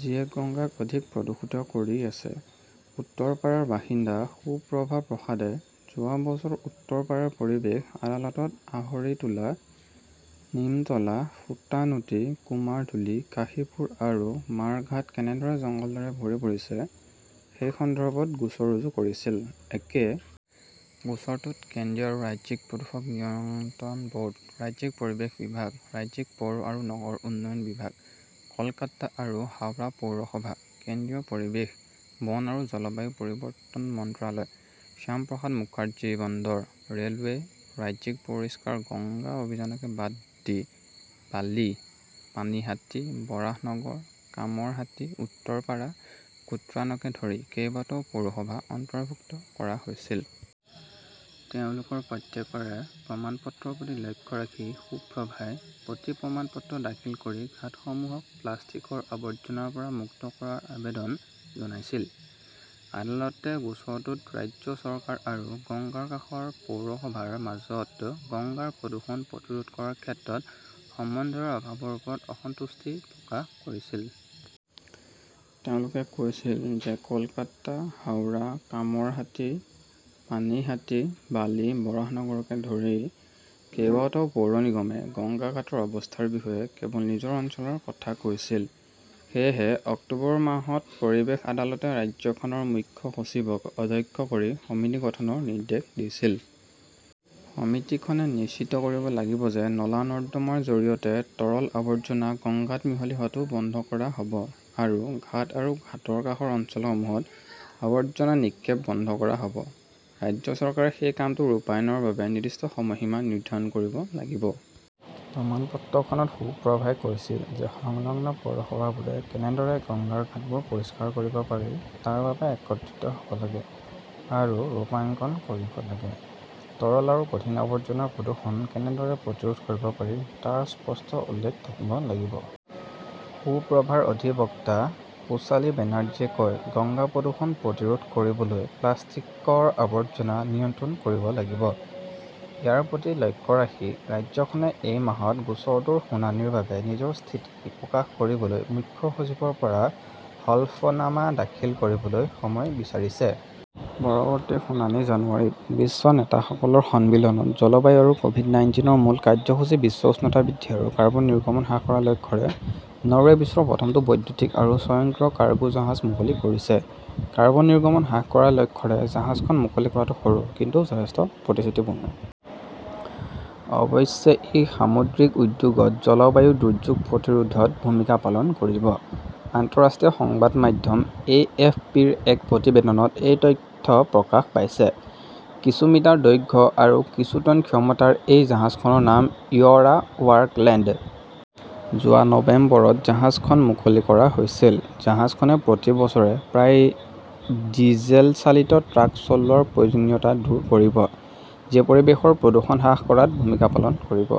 যিয়ে গংগাক অধিক প্ৰদূষিত কৰি আছে। উত্তৰপাৰাৰ বাসিন্দা সুপ্ৰভা প্ৰসাদে যোৱা বছৰ উত্তৰপাৰাৰ পৰিৱেশ আদালতত আহৰিতোলা, নিমতলা, সুতানুটি, কুমাৰতুলি, কাশীপুৰ আৰু মাৰ ঘাট কেনেদৰে জংঘলেৰে ভৰি পৰিছে সেই সন্দৰ্ভত গোচৰ ৰুজু কৰিছিল। একে গোচৰটোত কেন্দ্ৰীয় আৰু ৰাজ্যিক প্ৰদূষণ নিয়ন্ত্ৰণ ব'ৰ্ড, ৰাজ্যিক পৰিৱেশ বিভাগ, ৰাজ্যিক পৌৰ আৰু নগৰ উন্নয়ন বিভাগ, কলকাতা আৰু হাওৰা পৌৰসভা, কেন্দ্ৰীয় পৰিৱেশ, বন আৰু জলবায়ু পৰিৱৰ্তন মন্ত্ৰালয়, শ্যামপ্ৰসাদ মুখাৰ্জী বন্দৰ, ৰে'লৱে, ৰাজ্যিক পৰিষ্কাৰ গংগা অভিযানকে বাদ দি বালি, পানীহাটি, বৰাহনগৰ, কামৰহাটি, উত্তৰপাৰা-কোট্ৰানকে ধৰি কেইবাটাও পৌৰসভা অন্তৰ্ভুক্ত কৰা হৈছিল। তেওঁলোকৰ প্ৰত্যেকৰে প্ৰমাণপত্ৰৰ প্ৰতি লক্ষ্য ৰাখি সুপ্ৰভাই প্ৰতি-প্ৰমাণপত্ৰ দাখিল কৰি ঘাটসমূহক প্লাষ্টিকৰ আৱৰ্জনাৰ পৰা মুক্ত কৰাৰ আবেদন জনাইছিল। আদালতে গোচৰটোত ৰাজ্য চৰকাৰ আৰু গংগাৰ কাষৰ পৌৰসভাৰ মাজত গংগাৰ প্ৰদূষণ প্ৰতিৰোধ কৰাৰ ক্ষেত্ৰত সমন্বয়ৰ অভাৱৰ ওপৰত "অসন্তুষ্টি" প্ৰকাশ কৰিছিল। তেওঁলোকে কৈছিল যে কলকাতা, হাওৰা, কামৰহাটি, পানীহাটি, বালি, বৰাহনগৰকে ধৰি কেইবাটাও পৌৰ নিগমে গংগা ঘাটৰ অৱস্থাৰ বিষয়ে কেৱল নিজৰ অঞ্চলৰ কথা কৈছিল। সেয়েহে অক্টোবৰ মাহত পৰিৱেশ আদালতে ৰাজ্যখনৰ মুখ্য সচিবক অধ্যক্ষ কৰি সমিতি গঠনৰ নিৰ্দেশ দিছিল। সমিতিখনে নিশ্চিত কৰিব লাগিব যে নলা-নৰ্দমাৰ জৰিয়তে তৰল আৱৰ্জনা গংগাত মিহলি হোৱাটো বন্ধ কৰা হ'ব আৰু ঘাট আৰু ঘাটৰ কাষৰ অঞ্চলসমূহত আৱৰ্জনা নিক্ষেপ বন্ধ কৰা হ'ব। ৰাজ্য চৰকাৰে সেই কামটো ৰূপায়ণৰ বাবে নিৰ্দিষ্ট সময়সীমা নিৰ্ধাৰণ কৰিব লাগিব। প্ৰমাণপত্ৰখনত সুপ্ৰভাই কৈছিল যে সংলগ্ন পৌৰসভাবোৰে কেনেদৰে গংগাৰ ঘাটবোৰ পৰিষ্কাৰ কৰিব পাৰি তাৰ বাবে একত্ৰিত হ'ব লাগে আৰু ৰূপাঙ্কণ কৰিব লাগে। তৰল আৰু কঠিন আৱৰ্জনাৰ প্ৰদূষণ কেনেদৰে প্ৰতিৰোধ কৰিব পাৰি তাৰ স্পষ্ট উল্লেখ থাকিব লাগিব। সুপ্ৰভাৰ অধিবক্তা পোচালী বেনাৰ্জীয়ে কয়, "গংগা প্ৰদূষণ প্ৰতিৰোধ কৰিবলৈ প্লাষ্টিকৰ আৱৰ্জনা নিয়ন্ত্ৰণ কৰিব লাগিব।" ইয়াৰ প্ৰতি লক্ষ্য ৰাখি ৰাজ্যখনে এই মাহত গোচৰটোৰ শুনানিৰ বাবে নিজৰ স্থিতি প্ৰকাশ কৰিবলৈ মুখ্য সচিবৰ পৰা হলফনামা দাখিল কৰিবলৈ সময় বিচাৰিছে। পৰৱৰ্তী শুনানি জানুৱাৰীত। বিশ্ব নেতাসকলৰ সন্মিলনত জলবায়ু আৰু ক'ভিড-নাইনটিনৰ মূল কাৰ্যসূচী বিশ্ব উষ্ণতা বৃদ্ধি আৰু কাৰ্বন নিৰ্গমন হ্ৰাস কৰাৰ লক্ষ্যৰে নৰৱে বিশ্বৰ প্ৰথমটো বৈদ্যুতিক আৰু স্বয়ংক্ৰিয় কাৰ্গো জাহাজ মুকলি কৰিছে। কাৰ্বন নিৰ্গমন হ্ৰাস কৰাৰ লক্ষ্যৰে জাহাজখন মুকলি কৰাটো সৰু কিন্তু যথেষ্ট প্ৰতিশ্ৰুতিপূৰ্ণ। অৱশ্যে, ই সামুদ্ৰিক উদ্যোগত জলবায়ু দুৰ্যোগ প্ৰতিৰোধত ভূমিকা পালন কৰিব। আন্তঃৰাষ্ট্ৰীয় সংবাদ মাধ্যম এ. এফ. পি.-ৰ এক প্ৰতিবেদনত এই তথ্য প্ৰকাশ পাইছে। কিছু মিটাৰ দৈৰ্ঘ্য আৰু কিছু টন ক্ষমতাৰ এই জাহাজখনৰ নাম ইয়ৰা বাৰ্কলেণ্ড। যোৱা নৱেম্বৰত জাহাজখন মুকলি কৰা হৈছিল। জাহাজখনে প্ৰতি বছৰে প্ৰায় ডিজেলচালিত ট্ৰাক চলোৱাৰ প্ৰয়োজনীয়তা দূৰ কৰিব, যিয়ে পৰিৱেশৰ প্ৰদূষণ হ্ৰাস কৰাত ভূমিকা পালন কৰিব।